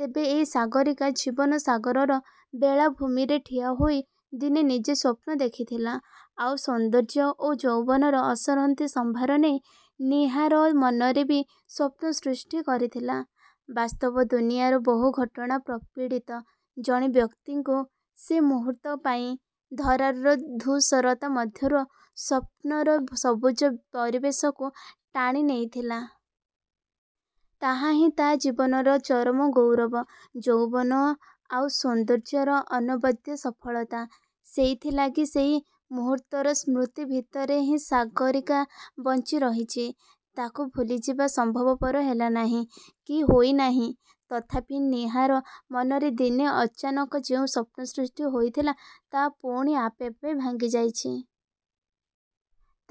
ତେବେ ଏଇ ସାଗରୀକା ଜୀବନ ସାଗରର ବେଳାଭୂମିରେ ଠିଆହୋଇ ଦିନେ ନିଜେ ସ୍ୱପ୍ନ ଦେଖିଥିଲା–ଆଉ ସୌନ୍ଦର୍ଯ୍ୟ ଓ ଯୌବନର ଅସରନ୍ତି ସମ୍ଭାର ନେଇ, ନୀହାର ମନରେ ବି ସ୍ୱପ୍ନ ସୃଷ୍ଟି କରିଥିଲା। ବାସ୍ତବଦୁନିଆର ବହୁଘଟଣା ପ୍ରପୀଡ଼ିତ, ଜଣେ ବ୍ୟକ୍ତିଙ୍କୁ; ସେ ମୁହୂର୍ତ୍ତ ପାଇଁ, ଧରାର-ଧୂଷରତା ମଧ୍ୟରୁ ସ୍ୱପ୍ନର ସବୁଜ ପରିବେଶକୁ ଟାଣିନେଇଥିଲା। ତାହାହିଁ ତା' ଜୀବନର ଚରମ ଗୌରବ; ଯୌବନ ଆଉ ସୌନ୍ଦର୍ଯ୍ୟର ଅନବଦ୍ୟ ସଫଳତା। ସେଇଥିଲାଗି ସେଇ ମୁହୂର୍ତ୍ତର ସ୍ମୃତି ଭିତରେ ହିଁ ସାଗରୀକା ବଞ୍ଚି ରହିଛି–ତାକୁ ଭୁଲିଯିବା ସମ୍ଭବପର ହେଲା ନାହିଁ, କି ହୋଇ ନାହିଁ-। ତଥାପି ନୀହାର ମନରେ ଦିନେ ଅଚାନକ ଯେଉଁ ସ୍ୱପ୍ନ ସୃଷ୍ଟି ହୋଇଥିଲା, ତା' ପୁଣି ଆପେ ଆପେ ଭାଙ୍ଗିଯାଇଛି।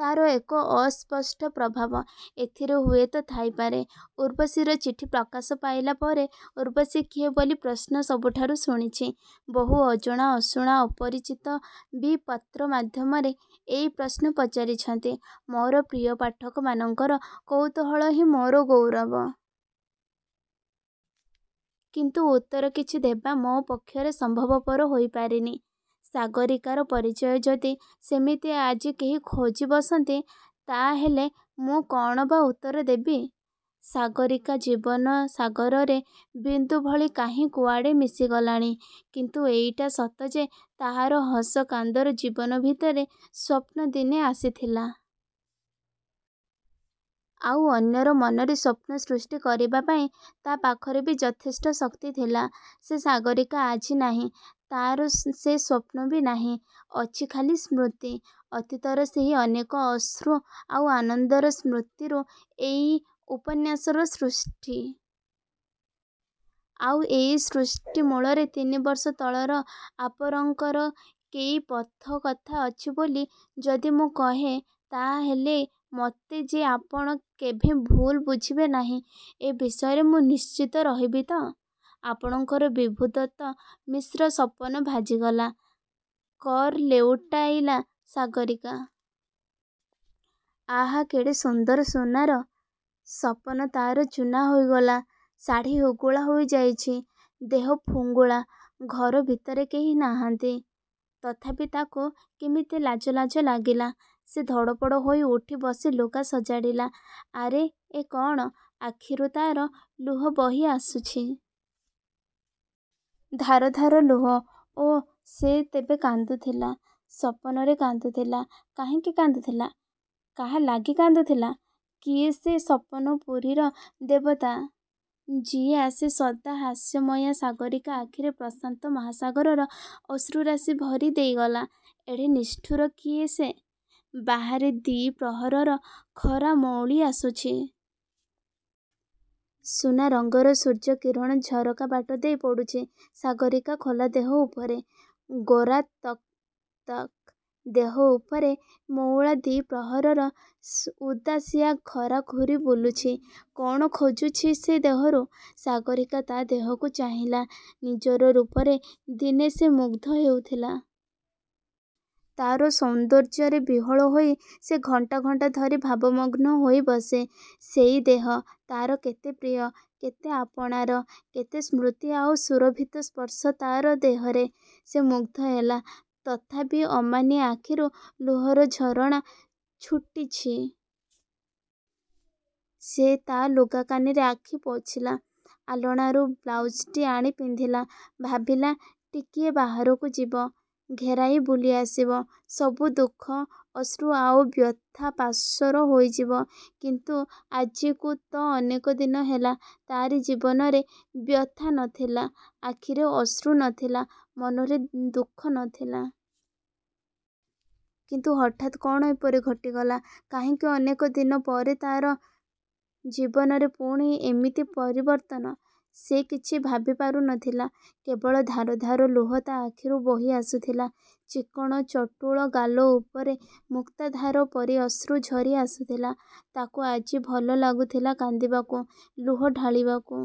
ତା'ର ଏକ ଅସ୍ପଷ୍ଟ ପ୍ରଭାବ, ଏଥିରେ ହୁଏତ ଥାଇପାରେ। 'ଉର୍ବଶୀର ଚିଠି' ପ୍ରକାଶ ପାଇଲା ପରେ ଉର୍ବଶୀ କିଏ ବୋଲି ପ୍ରଶ୍ନ ସବୁଠାରୁ ଶୁଣିଛି। ବହୁ ଅଜଣା ଅଶୁଣା ଅପରିଚିତ ବି ପତ୍ର ମାଧ୍ୟମରେ ଏଇ ପ୍ରଶ୍ନ ପଚାରିଛନ୍ତି। ମୋର ପ୍ରିୟ ପାଠକମାନଙ୍କର କୌତୂହଳ ହିଁ ମୋର ଗୌରବ। କିନ୍ତୁ ଉତ୍ତର କିଛି ଦେବା ମୋ ପକ୍ଷରେ ସମ୍ଭବପର ହୋଇପାରିନି। ସାଗରୀକାର ପରିଚୟ ଯଦି ସେମିତି ଆଜି କେହି ଖୋଜିବସନ୍ତି ତା'ହେଲେ ମୁଁ କ'ଣ ବା ଉତ୍ତର ଦେବି? ସାଗରୀକା ଜୀବନସାଗରରେ ବିନ୍ଦୁ ଭଳି କାହିଁ କୁଆଡ଼େ ମିଶିଗଲାଣି। କିନ୍ତୁ ଏଇଟା ସତ ଯେ ତାହାର ହସ କାନ୍ଦର ଜୀବନ ଭିତରେ ସ୍ୱପ୍ନ ଦିନେ ଆସିଥିଲା। ଆଉ ଅନ୍ୟର ମନରେ ସ୍ୱପ୍ନ ସୃଷ୍ଟି କରିବା ପାଇଁ ତା' ପାଖରେ ବି ଯଥେଷ୍ଟ ଶକ୍ତି ଥିଲା। ସେ ସାଗରୀକା ଆଜି ନାହିଁ–ତା'ର ସେ ସ୍ୱପ୍ନ ବି ନାହିଁ; ଅଛି ଖାଲି ସ୍ମୃତି। ଅତୀତର ସେଇ ଅନେକ ଅଶ୍ରୁ ଆଉ ଆନନ୍ଦର ସ୍ମୃତିରୁ ଏଇ ଉପନ୍ୟାସର ସୃଷ୍ଟି। ଆଉ ଏଇ ସୃଷ୍ଟି ମୂଳରେ, ତିନିବର୍ଷ ତଳର ଆପରଙ୍କର କେଇପଧ କଥା ଅଛି ବୋଲି ଯଦି ମୁଁ କହେ; ତା'ହେଲେ ମୋତେ ଯେ ଆପଣ କେଭେଁ ଭୁଲ୍-ବୁଝିବେ ନାହିଁ, ଏ ବିଷୟରେ ମୁଁ ନିଶ୍ଚିତ ରହିବି ତ-? ଆପଣଙ୍କର ବିଭୁଦତ୍ତ ମିଶ୍ର ସପନ ଭାଜିଗଲା। କର୍ ଲେଉଟାଇଲା ସାଗରୀକା। ଆହା କେଡ଼େ ସୁନ୍ଦର ସୁନାର-ସପନ ତା'ର ଚୂନା ହୋଇଗଲା। ଶାଢ଼ି ହୁଗୁଳା ହୋଇଯାଇଛି। ଦେହ ଫୁଙ୍ଗୁଳା। ଘର ଭିତରେ କେହି ନାହାନ୍ତି, ତଥାପି ତାକୁ କେମିତି ଲାଜ ଲାଜ ଲାଗିଲା। ସେ ଧଡ଼ପଡ଼ ହୋଇ ଉଠି ବସି ଲୁଗା ସଜାଡ଼ିଲା। ଆରେ ଏ କ'ଣ–ଆଖିରୁ ତା'ର ଲୁହ ବହି ଆସୁଛି। ଧାର ଧାର ଲୁହ। ଓଃ ସେ ତେବେ କାନ୍ଦୁଥିଲା। ସପନରେ କାନ୍ଦୁଥିଲା। କାହିଁକି କାନ୍ଦୁଥିଲା? କାହାଲାଗି କାନ୍ଦୁଥିଲା? କିଏ ସେ ସପନପୁରୀର ଦେବତା। ଯିଏ ଆସି ସଦା ହାସ୍ୟମୟା ସାଗରୀକା ଆଖିରେ ପ୍ରଶାନ୍ତ ମହାସାଗରର ଅଶ୍ରୁରାଶି ଭରି ଦେଇଗଲା। ଏଡ଼େ ନିଷ୍ଠୁର, କିଏ ସେ? ବାହାରେ ଦ୍ୱିପ୍ରହରର ଖରା ମଉଳି ଆସୁଛି। ସୁନା ରଙ୍ଗର ସୂର୍ଯ୍ୟ କିରଣ ଝରକା ବାଟ ଦେଇ ପଡ଼ୁଛି, ସାଗରୀକା ଖୋଲା ଦେହ ଉପରେ। ଗୋରା ତକ୍ ତକ୍ ଦେହ ଉପରେ ମଉଳା ଦ୍ୱିପ୍ରହରର ସୁ ଉଦାସିଆ ଖରା ଘୂରି ବୁଲୁଛି। କ'ଣ ଖୋଜୁଛି ସେ ଦେହରୁ। ସାଗରୀକା ତା' ଦେହକୁ ଚାହିଁଲା। ନିଜର ରୂପରେ ଦିନେ ସେ ମୁଗ୍ଧ ହେଉଥିଲା। ତା'ର ସୌନ୍ଦର୍ଯ୍ୟରେ ବିହ୍ୱଳ ହୋଇ ସେ ଘଣ୍ଟା ଘଣ୍ଟା ଧରି ଭାବମଗ୍ନ ହୋଇ ବସେ। ସେଇ ଦେହ, ତା'ର କେତେ ପ୍ରିୟ, କେତେ ଆପଣାର। କେତେ ସ୍ମୃତି ଆଉ ସୁରଭିତ ସ୍ପର୍ଶ ତା'ର ଦେହରେ। ସେ ମୁଗ୍ଧ ହେଲା। ତଥାପି ଅମାନିଆ ଆଖିରୁ ଲୁହର ଝରଣା ଛୁଟିଛି। ସେ ତା' ଲୁଗା କାନିରେ ଆଖି ପୋଛିଲା। ଆଲଣାରୁ ବ୍ଲାଉଜଟି ଆଣି ପିନ୍ଧିଲା। ଭାବିଲା–ଟିକିଏ ବାହାରକୁ ଯିବ। ଘେରାଏ ବୁଲି ଆସିବ। ସବୁ ଦୁଃଖ, ଅଶ୍ରୁ ଆଉ ବ୍ୟଥା ପାସୋର ହୋଇଯିବ। କିନ୍ତୁ ଆଜିକୁ ତ ଅନେକ ଦିନ ହେଲା ତାରି ଜୀବନରେ ବ୍ୟଥା ନଥିଲା; ଆଖିରେ ଅଶ୍ରୁ ନଥିଲା, ମନରେ ଦୁଃଖ ନଥିଲା। କିନ୍ତୁ ହଠାତ୍ କ'ଣ ଏପରି ଘଟିଗଲା। କାହିଁକି ଅନେକ ଦିନ ପରେ ତା'ର। ଜୀବନରେ ପୁଣି ଏମିତି ପରିବର୍ତ୍ତନ। ସେ କିଛି ଭାବିପାରୁ ନଥିଲା। କେବଳ ଧାର ଧାର ଲୁହ ତା' ଆଖିରୁ ବୋହି ଆସୁଥିଲା। ଚିକ୍କଣ ଚଟୁଳ ଗାଲ ଉପରେ ମୁକ୍ତାଧାର ପରି ଅଶ୍ରୁ ଝରି ଆସୁଥିଲା। ତାକୁ ଆଜି ଭଲ ଲାଗୁଥିଲା କାନ୍ଦିବାକୁ, ଲୁହ ଢାଳିବାକୁ।